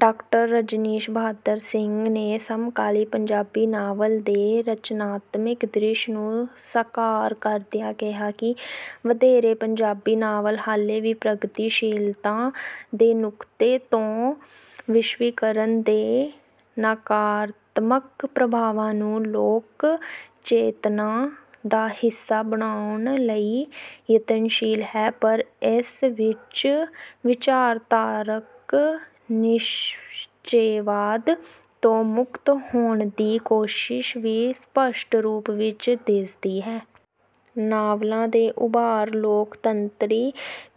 ਡਾ. ਰਜਨੀਸ਼ ਬਹਾਦਰ ਸਿੰਘ ਨੇ ਸਮਕਾਲੀ ਪੰਜਾਬੀ ਨਾਵਲ ਦੇ ਰਚਨਾਤਮਿਕ ਦ੍ਰਿਸ਼ ਨੂੰ ਸਾਕਾਰ ਕਰਦਿਆਂ ਕਿਹਾ ਕਿ ਵਧੇਰੇ ਪੰਜਾਬੀ ਨਾਵਲ ਹਾਲੇ ਵੀ ਪ੍ਰਗਤੀਸ਼ੀਲਤਾ ਦੇ ਨੁਕਤੇ ਤੋਂ ਵਿਸ਼ਵੀਕਰਨ ਦੇ ਨਾਕਾਰਾਤਮਕ ਪ੍ਰਭਾਵਾਂ ਨੂੰ ਲੋਕ ਚੇਤਨਾ ਦਾ ਹਿੱਸਾ ਬਣਾਉਣ ਲਈ ਯਤਨਸ਼ੀਲ ਹੈ ਪਰ ਇਸ ਵਿੱਚ ਵਿਚਾਰਧਾਰਕ ਨਿਸ਼ਚੇਵਾਦ ਤੋਂ ਮੁਕਤ ਹੋਣ ਦੀ ਕੋਸ਼ਿਸ਼ ਵੀ ਸਪੱਸ਼ਟ ਰੂਪ ਵਿੱਚ ਦਿਸਦੀ ਹੈ। ਨਾਵਲਾਂ ਦੇ ਉਭਾਰ, ਲੋਕ-ਤੰਤਰੀ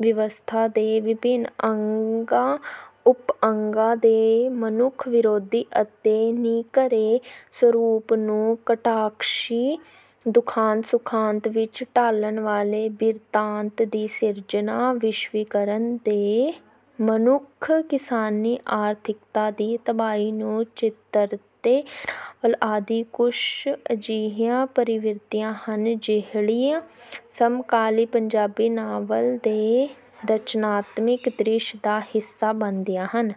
ਵਿਵਸਥਾ ਦੇ ਵਿਭਿੰਨ ਅੰਗਾਂ ਉਪਅੰਗਾਂ ਦੇ ਮਨੁੱਖ ਵਿਰੋਧੀ ਅਤੇ ਨਿੱਘਰੇ ਸਰੂਪ ਨੂੰ ਕਟਾਖਸ਼ੀ ਦੁਖਾਂਤ-ਸੁਖਾਂਤ ਵਿੱਚ ਢਾਲਣ ਵਾਲੇ ਬਿਰਤਾਂਤ ਦੀ ਸਿਰਜਣਾ, ਵਿਸ਼ਵੀਕਰਨ ਦੇ ਸਨਮੁਖ ਕਿਸਾਨੀ ਆਰਥਿਕਤਾ ਦੀ ਤਬਾਹੀ ਨੂੰ ਚਿਤਰਦੇ ਨਾਵਲ, ਆਦਿ ਕੁਝ ਅਜਿਹੀਆਂ ਪ੍ਰਵਿਰਤੀਆਂ ਹਨ ਜਿਹੜੀਆਂ ਸਮਕਾਲੀ ਪੰਜਾਬੀ ਨਾਵਲ ਦੇ ਰਚਨਾਤਮਿਕ ਦ੍ਰਿਸ਼ ਦਾ ਹਿੱਸਾ ਬਣਦੀਆਂ ਹਨ।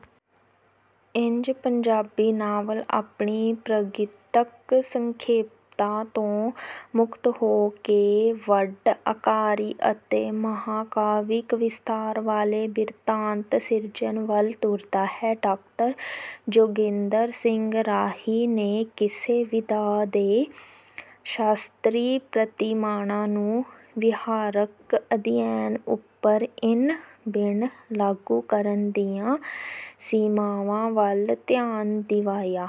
ਇੰਝ ਪੰਜਾਬੀ ਨਾਵਲ ਆਪਣੀ ਪ੍ਰਗੀਤਕ ਸੰਖੇਪਤਾ ਤੋਂ ਮੁਕਤ ਹੋ ਕੇ ਵੱਡ ਆਕਾਰੀ ਅਤੇ ਮਹਾਂ-ਕਾਵਿਕ ਵਿਸਤਾਰ ਵਾਲੇ ਬਿਰਤਾਂਤ ਸਿਰਜਣ ਵੱਲ ਤੁਰਦਾ ਹੈ। ਡਾ. ਜੋਗਿੰਦਰ ਸਿੰਘ ਰਾਹੀ ਨੇ ਕਿਸੇ ਵਿਧਾ ਦੇ ਸ਼ਾਸਤਰੀ ਪ੍ਰਤਿਮਾਨਾ ਨੂੰ ਵਿਹਾਰਕ ਅਧਿਐਨ ਉੱਪਰ ਇੰਨ ਬਿੰਨ ਲਾਗੂ ਕਰਨ ਦੀਆਂ ਸੀਮਾਵਾਂ ਵੱਲ ਧਿਆਨ ਦਿਵਾਇਆ।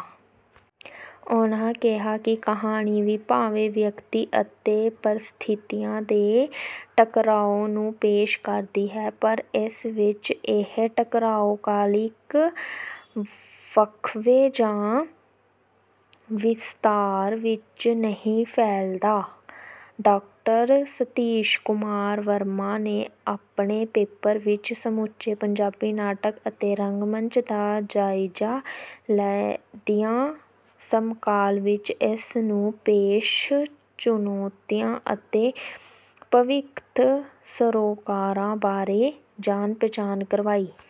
ਉਨ੍ਹਾਂ ਕਿਹਾ ਕਿ ਕਹਾਣੀ ਵੀ ਭਾਵੇਂ ਵਿਅਕਤੀ ਅਤੇ ਪਰਸਥਿਤੀਆਂ ਦੇ ਟਕਰਾਓ ਨੂੰ ਪੇਸ਼ ਕਰਦੀ ਹੈ ਪਰ ਇਸ ਵਿੱਚ ਇਹ ਟਕਰਾਓ ਕਾਲਿਕ ਵਕਫ਼ੇ ਜਾਂ ਵਿਸਤਾਰ ਵਿੱਚ ਨਹੀਂ ਫੈਲਦਾ। ਡਾ. ਸਤੀਸ਼ ਕੁਮਾਰ ਵਰਮਾ ਨੇ ਆਪਣੇ ਪੇਪਰ ਵਿੱਚ ਸਮੁੱਚੇ ਪੰਜਾਬੀ ਨਾਟਕ ਅਤੇ ਰੰਗਮੰਚ ਦਾ ਜਾਇਜਾ ਲੈਦਿਆਂ ਸਮਕਾਲ ਵਿੱਚ ਇਸ ਨੂੰ ਪੇਸ਼ ਚੁਣੌਤੀਆਂ ਅਤੇ ਭਵਿੱਖਤ ਸਰੋਕਾਰਾਂ ਬਾਰੇ ਜਾਣ ਪਛਾਣ ਕਰਵਾਈ।